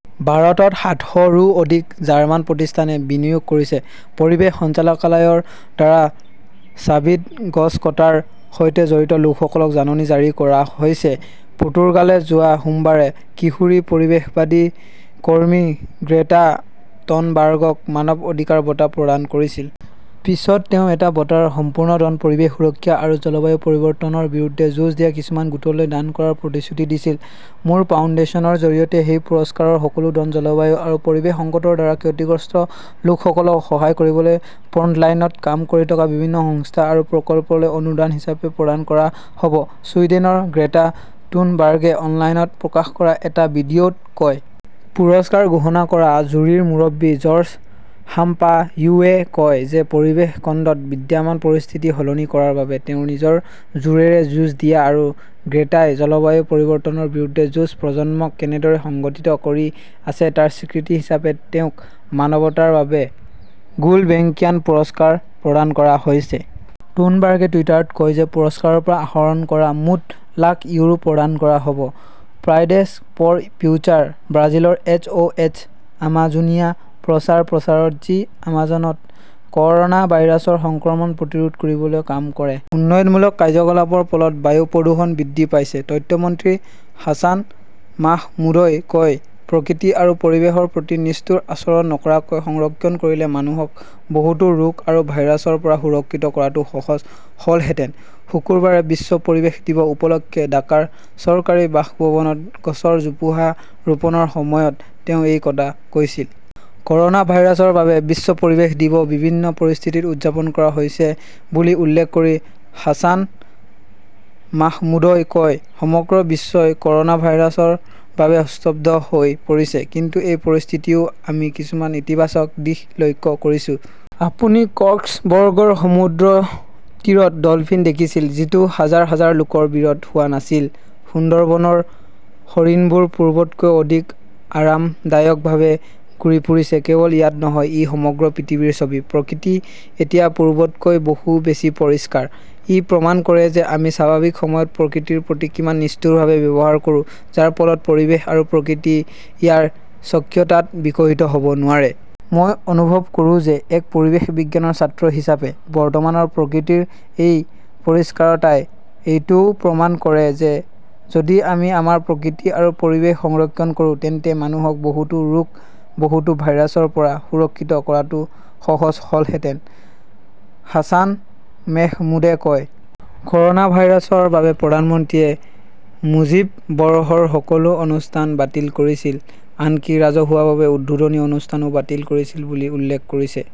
ভাৰতত সাতশ ৰো অধিক জাৰ্মান প্ৰতিষ্ঠানে বিনিয়োগ কৰিছে। পৰিৱেশ সঞ্চালকালয়ৰ দ্বাৰা চাভিত গছ কটাৰ সৈতে জড়িত লোকসকলক জাননী জাৰি কৰা হৈছে পৰ্তুগালে যোৱা সোমবাৰে কিশোৰী পৰিৱেশবাদী কৰ্মী গ্ৰেটা থনবাৰ্গক মানৱ অধিকাৰ বঁটা প্ৰদান কৰিছিল। পিছত তেওঁ এই বঁটাৰ সম্পূৰ্ণ ধন পৰিৱেশ সুৰক্ষা আৰু জলবায়ু পৰিৱৰ্তনৰ বিৰুদ্ধে যুঁজ দিয়া কিছুমান গোটলৈ দান কৰাৰ প্ৰতিশ্ৰুতি দিছিল। "মোৰ ফাউণ্ডেশ্যনৰ জৰিয়তে সেই পুৰস্কাৰৰ সকলো ধন জলবায়ু আৰু পৰিৱেশ সংকটৰ দ্বাৰা ক্ষতিগ্ৰস্ত লোকসকলক সহায় কৰিবলৈ ফ্ৰণ্টলাইনত কাম কৰি থকা বিভিন্ন সংস্থা আৰু প্ৰকল্পলৈ অনুদান হিচাপে প্ৰদান কৰা হ" ব ", ছুইডেনৰ গ্ৰেটা থুনবাৰ্গে অনলাইনত প্ৰকাশ কৰা এটা ভিডিঅ' ত কয়। পুৰস্কাৰ ঘোষণা কৰা জুৰীৰ মুৰব্বী জৰ্জ সাম্পায়োৱে কয় যে পৰিৱেশ খণ্ডত বিদ্যমান পৰিস্থিতি সলনি কৰাৰ বাবে তেওঁৰ নিজৰ জোৰেৰে যুঁজ দিয়া আৰু গ্ৰেটাই জলবায়ু পৰিৱৰ্তনৰ বিৰুদ্ধে যুৱ প্ৰজন্মক কেনেদৰে সংগঠিত কৰি আছে তাৰ স্বীকৃতি হিচাপে তেওঁক মানৱতাৰ বাবে গুলবেঙ্কিয়ান পুৰস্কাৰ প্ৰদান কৰা হৈছে। থুনবাৰ্গে টুইটাৰত কয় যে পুৰস্কাৰৰ পৰা আহৰণ কৰা মুঠ লাখ ইউৰো প্ৰদান কৰা হ'ব। ফ্ৰাইডেজ ফৰ ফিউচাৰ ব্ৰাজিলৰ "এছ. অ'. এছ. আমাজোনিয়া" প্ৰচাৰ প্ৰচাৰত যি আমাজনত কৰ 'না ভাইৰাছৰ সংক্ৰমণ প্ৰতিৰোধ কৰিবলৈ কাম কৰে। উন্নয়নমূলক কাৰ্যকলাপৰ ফলত বায়ু প্ৰদূষণ বৃদ্ধি পাইছে তথ্য মন্ত্ৰী হাছান মাহমুদই কয়, প্ৰকৃতি আৰু পৰিৱেশৰ প্ৰতি নিষ্ঠুৰ আচৰণ নকৰাকৈ সংৰক্ষণ কৰিলে মানুহক বহুতো ৰোগ আৰু ভাইৰাছৰ পৰা সুৰক্ষিত কৰাটো সহজ হ'লহেঁতেন। শুকুৰবাৰে বিশ্ব পৰিৱেশ দিৱস উপলক্ষে ঢাকাৰ চৰকাৰী বাসভৱনত গছৰ জোপোহা ৰোপণৰ সময়ত তেওঁ এই কথা কৈছিল। কৰ'না ভাইৰাছৰ বাবে বিশ্ব পৰিৱেশ দিৱস বিভিন্ন পৰিস্থিতিত উদযাপন কৰা হৈছে বুলি উল্লেখ কৰি হাছান মাহমুদই কয়, সমগ্ৰ বিশ্বই ক'ৰনা ভাইৰাছৰ বাবে স্তব্ধ হৈ পৰিছে। কিন্তু এই পৰিস্থিতিতও আমি কিছুমান ইতিবাচক দিশ লক্ষ্য কৰিছো। আপুনি কক্সবৰ্গৰ সমুদ্ৰতীৰত ডলফিন দেখিছিল, যিটো হাজাৰ হাজাৰ লোকৰ ভিৰত হোৱা নাছিল। সুন্দৰবনৰ হৰিণবোৰ পূৰ্বতকৈ অধিক আৰামদায়কভাৱে ঘূৰি ফুৰিছে। কেৱল ইয়াত নহয়, ই সমগ্ৰ পৃথিৱীৰ ছবি। প্ৰকৃতি এতিয়া পূৰ্বতকৈ বহু বেছি পৰিষ্কাৰ। ই প্ৰমাণ কৰে যে আমি স্বাভাৱিক সময়ত প্ৰকৃতিৰ প্ৰতি কিমান নিষ্ঠুৰভাৱে ব্যৱহাৰ কৰোঁ, যাৰ ফলত পৰিৱেশ আৰু প্ৰকৃতি ইয়াৰ স্বকীয়তাত বিকশিত হ 'ব নোৱাৰে। মই অনুভৱ কৰোঁ যে, এক পৰিৱেশ বিজ্ঞানৰ ছাত্ৰ হিচাপে বৰ্তমানৰ প্ৰকৃতিৰ এই পৰিষ্কাৰতাই এইটোও প্ৰমাণ কৰে যে যদি আমি আমাৰ প্ৰকৃতি আৰু পৰিৱেশ সংৰক্ষণ কৰোঁ, তেন্তে মানুহক বহুতো ৰোগ, বহুতো ভাইৰাছৰ পৰা সুৰক্ষিত কৰাটো সহজ হলহেঁতেন, হাছান মেহমুদে কয়। ক'ৰনা ভাইৰাছৰ বাবে প্ৰধানমন্ত্ৰীয়ে মুজীব বৰ্ষৰ সকলো অনুষ্ঠান বাতিল কৰিছিল, আনকি ৰাজহুৱাভাৱে উদ্বোধনী অনুষ্ঠানও বাতিল কৰিছিল "বুলি উল্লেখ কৰিছে।